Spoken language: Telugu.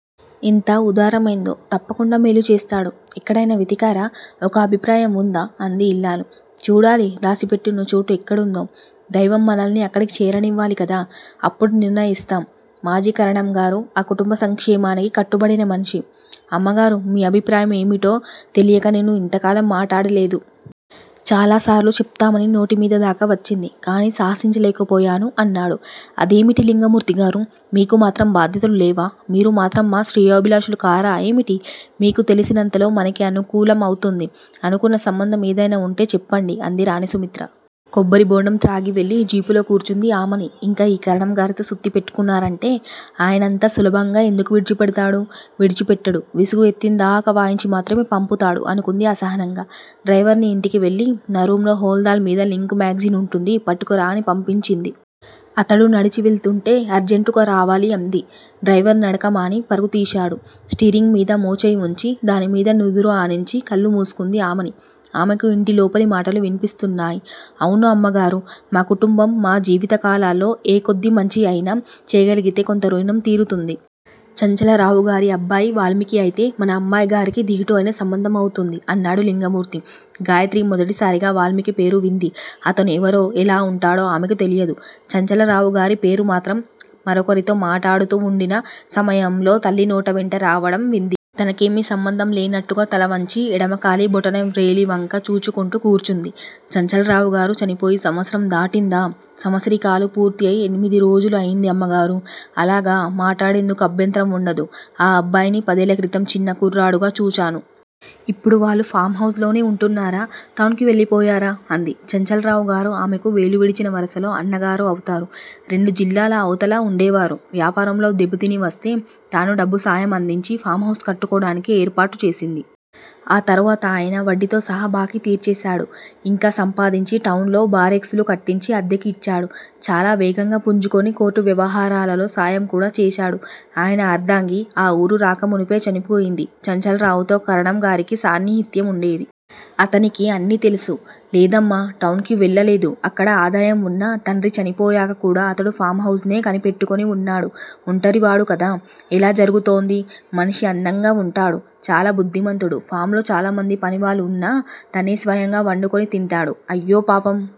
ఎంత వుదారమయిందో! తప్పకుండా మేలు చేస్తాడు! ఎక్కడయినా వెతికారా? ఒక అభిప్రాయం వుందా? అంది యిల్లాలు. చూడాలి! రాసిపెట్టివున్న చోటు ఎక్కడుందో! దైవం మనల్ని అక్కడికి చేరనివ్వాలి కదా! అప్పుడు నిర్ణయిస్తాం! మాజీ కరణంగారు ఆ కుటుంబ సంక్షేమానికి కట్టుపడిన మనిషి. అమ్మగారూ! మీ అభిప్రాయం ఏమిటో తెలియక నేను ఇంతకాలం మాటాడలేదు. చాలాసార్లు చెప్తామని నోటిమీద దాకా వచ్చింది. కాని సాహసించలేకపోయాను అన్నాడు. అదేమిటి లింగమూర్తిగారూ! మీకు మాత్రం బాధ్యతలు లేవా? మీరు మాత్రం మా శ్రేయోభిలాషులు కారా ఏమిటి? మీకు తెలిసినంతలో మనకి అనుకూలం అవుతుంది. అనుకున్న సంబంధం ఏదయినా వుంటే చెప్పండి! అంది రాణి సుమిత్ర. కొబ్బరిబొండం త్రాగి వెళ్ళి జీపులో కూర్చుంది ఆమని! ఇంక ఈ కరణం గారితో సుత్తి పెట్టుకున్నారంటే ఆయన అంత సులభంగా ఎందుకు విడిచిపెడతాడు? విడిచిపెట్టడు! విసుగు ఎత్తిందాకా వాయించి మాత్రమే పంపుతాడు అనుకుంది అసహనంగా. డ్రైవర్ని ఇంటికి వెళ్ళి నా రూంలో హోలాల్ద్ మీద లింక్ మాగ్జయిన్ వుంటుంది పట్టుకురా అని పంపించింది. అతడు నడచి వెడుతుంటే అర్జంటుగా రావాలి అంది. డ్రైవర్ నడక మాని పరుగుతీశాడు. స్టీరింగ్ మీద మోచేయి వుంచి దానిమీద నుదురు ఆనించి కళ్ళు మూసుకుంది ఆమని! ఆమెకు ఇంటి లోపలి మాటలు విన్పిస్తున్నాయి. అవును అమ్మగారూ! మా కుటుంబం మా జీవితకాలాల్లో ఏ కొద్ది మంచి అయినా చేయగలిగితే కొంత రుణం తీరుతుంది. చంచలరావుగారి అబ్బాయి వాల్మీకి అయితే మన అమ్మాయిగారికి దీటు అయిన సంబంధం అవుతుంది అన్నాడు లింగమూర్తి. గాయత్రి మొదటిసారిగా వాల్మీకి పేరు వింది. అతను ఎవరో ఎలా వుంటాడో ఆమెకు తెలియదు. చంచలరావుగారి పేరు మాత్రం మరొకరితో మాటాడుతూ వుండిన సమయంలో తల్లి నోటివెంట రావటం వింది. తనకేమీ సంబంధం లేనట్టుగా తల వంచి ఎడమ కాలి బొటన వ్రేలివంక చూచుకుంటూ కూర్చుంది. చంచలరావుగారు చనిపోయి సంవత్సరం దాటిందా? సంవత్సరీకాలు పూర్తి అయి ఎనిమిది రోజులు అయింది అమ్మగారూ! అలాగా! మాటాడేందుకు అభ్యంతరం వుండదు. ఆ అబ్బాయిని పదేళ్ళ క్రితం చిన్న కుర్రాడుగా చూచాను. ఇప్పుడు వాళ్ళు ఫారం హౌస్ లోనే వుంటున్నారా? టౌన్ కి వెళ్ళిపోయారా? అంది. చంచలరావుగారు ఆమెకు వేలు విడిచిన వరుసలో అన్నగారు అవుతారు. రెండు జిల్లాల అవతల వుండేవారు. వ్యాపారంలో దెబ్బతిని వస్తే తానే డబ్బు సాయం అందించి ఫాం హౌస్ కట్టుకోవటానికి ఏర్పాటు చేసింది. ఆ తరువాత ఆయన వడ్డీతో సహా బాకీ తీర్చేశాడు. ఇంకా సంపాదించి టౌన్ లో బారెక్స్ లు కట్టించి అద్దెకు ఇచ్చాడు. చాలా వేగంగా పుంజుకుని కోర్టు వ్యవహారాలలో సాయం కూడా చేశాడు! ఆయన అర్ధాంగి ఆ ఊరు రాకమునుపే చనిపోయింది. చంచలరావుతో కరణంగారికి సాన్నిహిత్యం వుండేది. అతనికి అన్నీ తెలుసు. లేదమ్మా! టౌన్ కి వెళ్ళలేదు. అక్కడ ఆదాయం వున్నా తండ్రి చనిపోయాక కూడ అతడు ఫాం హౌస్ నే కనిపెట్టుకుని వున్నాడు ఒంటరివాడు కదా! ఎలా జరుగుతోంది? మనిషి అందంగా వుంటాడు. చాలా బుద్ధిమంతుడు! ఫాంలో చాలామంది పనివాళ్ళు వున్నా తనే స్వయంగా వండుకు తింటాడు అయ్యో పాపం!